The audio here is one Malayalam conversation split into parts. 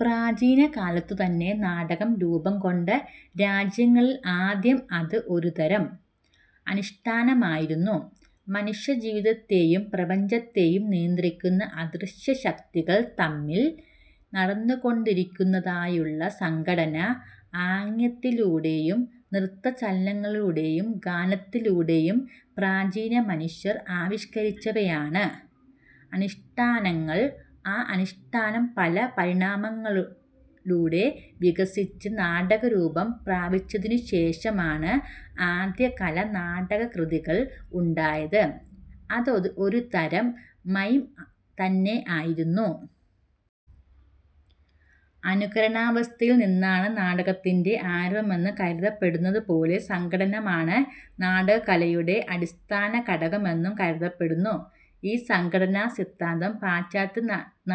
പ്രാചീന കാലത്തുതന്നെ നാടകം രൂപംകൊണ്ട രാജ്യങ്ങളിൽ ആദ്യം അത് ഒരുതരം അനുഷ്ഠാനമായിരുന്നു. മനുഷ്യജീവിതത്തെയും പ്രപഞ്ചത്തെയും നിയന്ത്രിക്കുന്ന അദൃശ്യശക്തികൾ തമ്മിൽ നടന്നുകൊണ്ടിരിക്കുന്നതായുള്ള സംഘട്ടനം ആംഗ്യത്തിലൂടെയും നൃത്തചലനങ്ങളിലൂടെയും ഗാനത്തിലൂടെയും പ്രാചീനമനുഷ്യർ ആവിഷ്കരിച്ചവയാണ് അനുഷ്ഠാനങ്ങൾ. ആ അനുഷ്ഠാനം പല പരിണാമങ്ങളിലൂടെ വികസിച്ച് നാടകരൂപം പ്രാപിച്ചതിനുശേഷമാണ് ആദ്യകാല നാടകകൃതികൾ ഉണ്ടായത്. അത് ഒരുതരം മൈം തന്നെ ആയിരുന്നു. അനുകരണവാസനയിൽ നിന്നാണ് നാടകത്തിന്റെ ആരംഭമെന്ന് കരുതപ്പെടുന്നതുപോലെ സംഘട്ടനമാണ് നാടകകലയുടെ അടിസ്ഥാനഘടകമെന്നും കരുതപ്പെടുന്നു. ഈ സംഘട്ടനസിദ്ധാന്തം പാശ്ചാത്യ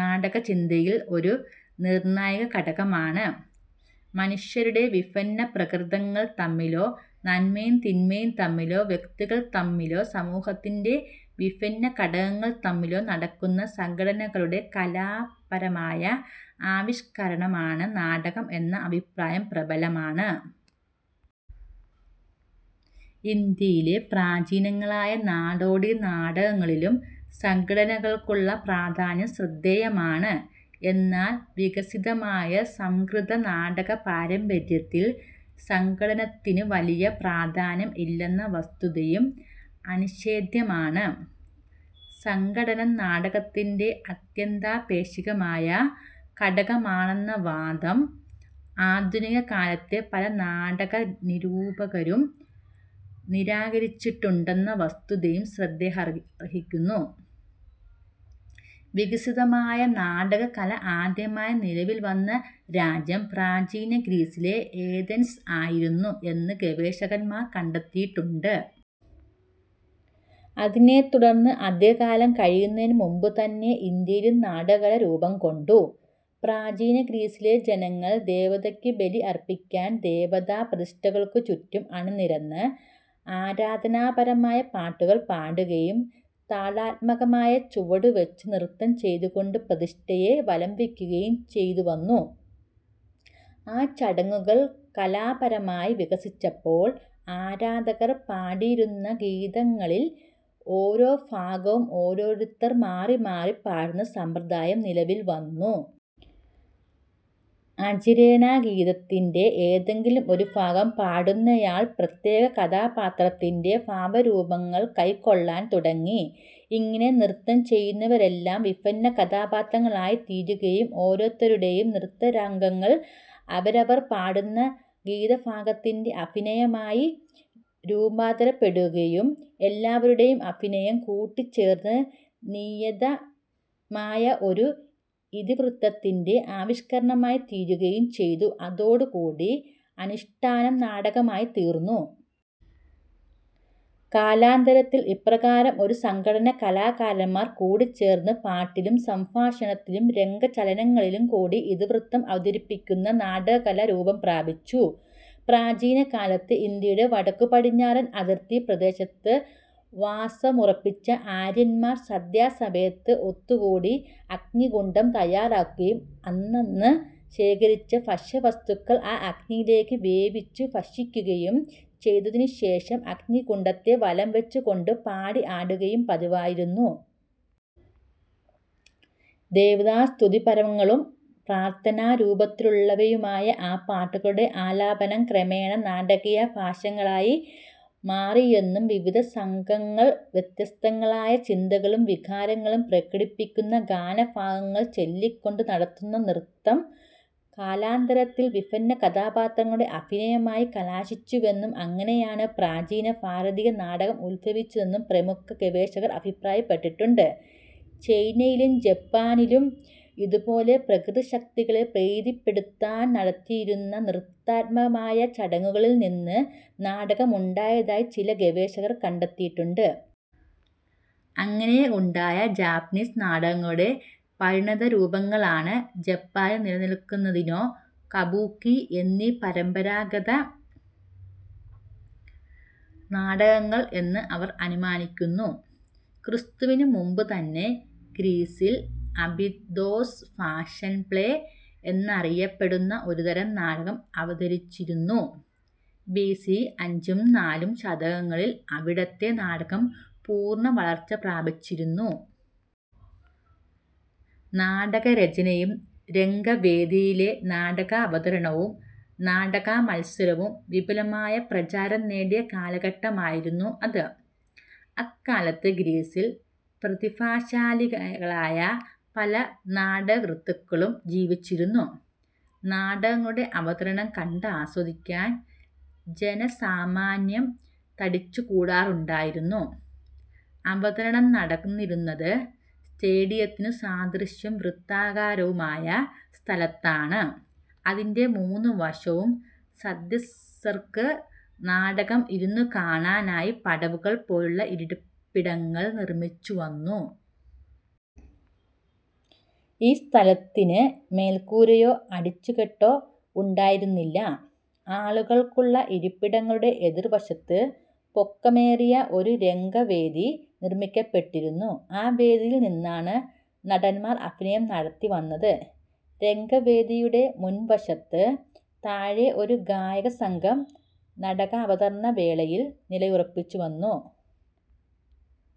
നാടകചിന്തയിൽ ഒരു നിർണായകഘടകമാണ്. മനുഷ്യരുടെ വിഭിന്ന പ്രകൃതങ്ങൾ തമ്മിലോ നന്മയും തിന്മയും തമ്മിലോ വ്യക്തികൾ തമ്മിലോ സമൂഹത്തിന്റെ വിഭിന്ന ഘടകങ്ങൾ തമ്മിലോ നടക്കുന്ന സംഘട്ടനങ്ങളുടെ കലാപരമായ ആവിഷ്കാരമാണ് നാടകം എന്ന അഭിപ്രായം പ്രബലമാണ്. ഇന്ത്യയിലെ പ്രാചീനങ്ങളായ നാടോടി നാടകങ്ങളിലും സംഘട്ടനങ്ങൾക്കുള്ള പ്രാധാന്യം ശ്രദ്ധേയമാണ്. എന്നാൽ വികസിതമായ സംസ്കൃത നാടക പാരമ്പര്യത്തിൽ സംഘട്ടനത്തിന് വലിയ പ്രാധാന്യം ഇല്ലെന്ന വസ്തുതയും അനിഷേധ്യമാണ്. സംഘട്ടനം നാടകത്തിന്റെ അത്യന്താപേക്ഷിതമായ ഘടകമാണെന്ന വാദം ആധുനിക കാലത്തെ പല നാടക നിരൂപകരും നിരാകരിച്ചിട്ടുണ്ടെന്ന വസ്തുതയും ശ്രദ്ധയർഹിക്കുന്നു. വികസിതമായ നാടകകല ആദ്യമായി നിലവിൽ വന്ന രാജ്യം പ്രാചീന ഗ്രീസിലെ ഏഥൻസ് ആയിരുന്നു എന്ന് ഗവേഷകന്മാർ കണ്ടെത്തിയിട്ടുണ്ട്. അതിനെത്തുടർന്ന് അധികകാലം കഴിയുന്നതിനു മുമ്പുതന്നെ ഇന്ത്യയിലും നാടകകല രൂപംകൊണ്ടു. പ്രാചീനഗ്രീസിലെ ജനങ്ങൾ ദേവതകൾക്ക് ബലി അർപ്പിക്കാൻ ദേവതാ പ്രതിഷ്ഠകൾക്കു ചുറ്റും അണിനിരന്ന് ആരാധനാപരമായ പാട്ടുകൾ പാടുകയും താളാത്മകമായി ചുവടുവച്ച് നൃത്തം ചെയ്തുകൊണ്ട് പ്രതിഷ്ഠയെ വലംവയ്ക്കുകയും ചെയ്തുവന്നു. ആ ചടങ്ങുകൾ കലാപരമായി വികസിച്ചപ്പോൾ ആരാധകർ പാടിയിരുന്ന ഗീതങ്ങളിൽ ഓരോ ഭാഗവും ഓരോരുത്തർ മാറിമാറി പാടുന്ന സമ്പ്രദായം നിലവിൽവന്നു. അചിരേണ ഗീതത്തിന്റെ ഏതെങ്കിലും ഒരു ഭാഗം പാടുന്നയാൾ പ്രത്യേക കഥാപാത്രത്തിന്റെ ഭാവരൂപങ്ങൾ കൈക്കൊള്ളാൻ തുടങ്ങി. ഇങ്ങനെ നൃത്തം ചെയ്യുന്നവരെല്ലാം വിഭിന്ന കഥാപാത്രങ്ങളായിത്തീരുകയും ഓരോരുത്തരുടെയും നൃത്തരംഗങ്ങൾ അവരവർ പാടുന്ന ഗീതഭാഗത്തിന്റെ അഭിനയമായി രൂപാന്തരപ്പെടുകയും എല്ലാവരുടെയും അഭിനയം കൂടിച്ചേർന്ന് നിയതമായ ഒരു ഇതിവൃത്തത്തിന്റെ ആവിഷ്കരണമായിത്തീരുകയും ചെയ്തു. അതോടുകൂടി അനുഷ്ഠാനം നാടകമായിത്തീർന്നു. കാലാന്തരത്തിൽ ഇപ്രകാരം ഒരു സംഘം കലാകാരന്മാർ കൂടിച്ചേർന്ന് പാട്ടിലും സംഭാഷണത്തിലും രംഗചലനങ്ങളിലും കൂടി ഇതിവൃത്തം അവതരിപ്പിക്കുന്ന നാടകകല രൂപംപ്രാപിച്ചു. പ്രാചീനകാലത്ത് ഇന്ത്യയുടെ വടക്കുപടിഞ്ഞാറൻ അതിർത്തി പ്രദേശത്ത് വാസമുറപ്പിച്ച ആര്യന്മാർ സന്ധ്യാസമയത്ത് ഒത്തുകൂടി അഗ്നികുണ്ഠം തയ്യാറാക്കുകയും അന്നന്ന് ശേഖരിച്ച ഭക്ഷ്യവസ്തുക്കൾ ആ അഗ്നിയിലിട്ട് വേവിച്ചു ഭക്ഷിക്കുകയും ചെയ്തതിനുശേഷം അഗ്നികുണ്ഠത്തെ വലംവച്ചുകൊണ്ടു പാടി ആടുക പതിവായിരുന്നു. ദേവതാസ്തുതിപരങ്ങളും പ്രാർഥനാരൂപത്തിലുള്ളവയുമായ ആ പാട്ടുകളുടെ ആലാപനം, ക്രമേണ നാടകീയ ഭാഷണങ്ങളായി മാറിയെന്നും വിവിധ സംഘാംഗങ്ങൾ വ്യത്യസ്തങ്ങളായ ചിന്തകളും വികാരങ്ങളും പ്രകടിപ്പിക്കുന്ന ഗാനഭാഗങ്ങൾ ചൊല്ലിക്കൊണ്ട് നടത്തുന്ന നൃത്തം കാലാന്തരത്തിൽ വിഭിന്ന കഥാപാത്രങ്ങളുടെ അഭിനയമായി കലാശിച്ചുവെന്നും അങ്ങനെയാണ് പ്രാചീന ഭാരതീയ നാടകം ഉദ്ഭവിച്ചതെന്നും പ്രമുഖ ഗവേഷകന്മാർ അഭിപ്രായപ്പെട്ടിട്ടുണ്ട്. ചൈനയിലും ജപ്പാനിലും ഇതുപോലെ പ്രകൃതിശക്തികളെ പ്രീതിപ്പെടുത്താൻ നടത്തിയിരുന്ന നൃത്താത്മകമായ ചടങ്ങുകളിൽ നിന്ന് നാടകമുണ്ടായതായി ചില ഗവേഷകന്മാർ കണ്ടെത്തിയിട്ടുണ്ട്. അങ്ങനെ ഉണ്ടായ ജാപ്പനീസ് നാടകങ്ങളുടെ പരിണതരൂപങ്ങളാണ് ജപ്പാനിൽ നിലനിൽക്കുന്ന നോ, കബൂക്കി എന്നീ പരമ്പരാഗത നാടകങ്ങൾ എന്ന് അവർ അനുമാനിക്കുന്നു. ക്രിസ്തുവിന് മുൻപ് തന്നെ ഗ്രീസിൽ അബിദോസ് പാഷൻ പ്ലേ എന്നറിയപ്പെടുന്ന ഒരുതരം നാടകം അവതരിപ്പിച്ചിരുന്നു. ബിസി അഞ്ചും നാലും ശതകങ്ങളിൽ അവിടുത്തെ നാടകം പൂർണ വളർച്ച പ്രാപിച്ചിരുന്നു. നാടകരചനയും രംഗവേദിയിലെ നാടകാവതരണവും നാടകമത്സരവും വിപുലമായ പ്രചാരം നേടിയ കാലഘട്ടമായിരുന്നു അത്. അക്കാലത്ത് ഗ്രീസിൽ പ്രതിഭാശാലികളായ പല നാടകകൃത്തുക്കളും ജീവിച്ചിരുന്നു. നാടകങ്ങളുടെ അവതരണം കണ്ടാസ്വദിക്കാൻ ജനസാമാന്യം തടിച്ചുകൂടാറുണ്ടായിരുന്നു. അവതരണം നടന്നിരുന്നത് സ്റ്റേഡിയത്തിന് സദൃശവും വൃത്താകാരവുമായ സ്ഥലത്താണ്. അതിന്റെ മൂന്ന് വശത്തും സദസ്യർക്ക് നാടകം ഇരുന്നുകാണാനായി പടവുകൾ പോലുള്ള ഇരിപ്പിടങ്ങൾ നിർമിച്ചുവന്നു. ഈ സ്ഥലത്തിന് മേൽക്കൂരയോ അടച്ചുകെട്ടോ ഉണ്ടായിരുന്നില്ല. ആളുകൾക്കുള്ള ഇരിപ്പിടങ്ങളുടെ എതിർവശത്ത് പൊക്കമേറിയ ഒരു രംഗവേദി നിർമ്മിക്കപ്പെട്ടിരുന്നു. ആ വേദിയിൽ നിന്നാണ് നടന്മാർ അഭിനയം നടത്തിവന്നത്. രംഗവേദിയുടെ മുൻവശത്ത് താഴെ ഒരു ഗായകസംഘം നാടകാവതരണവേളയിൽ നിലയുറപ്പിച്ചുവന്നു.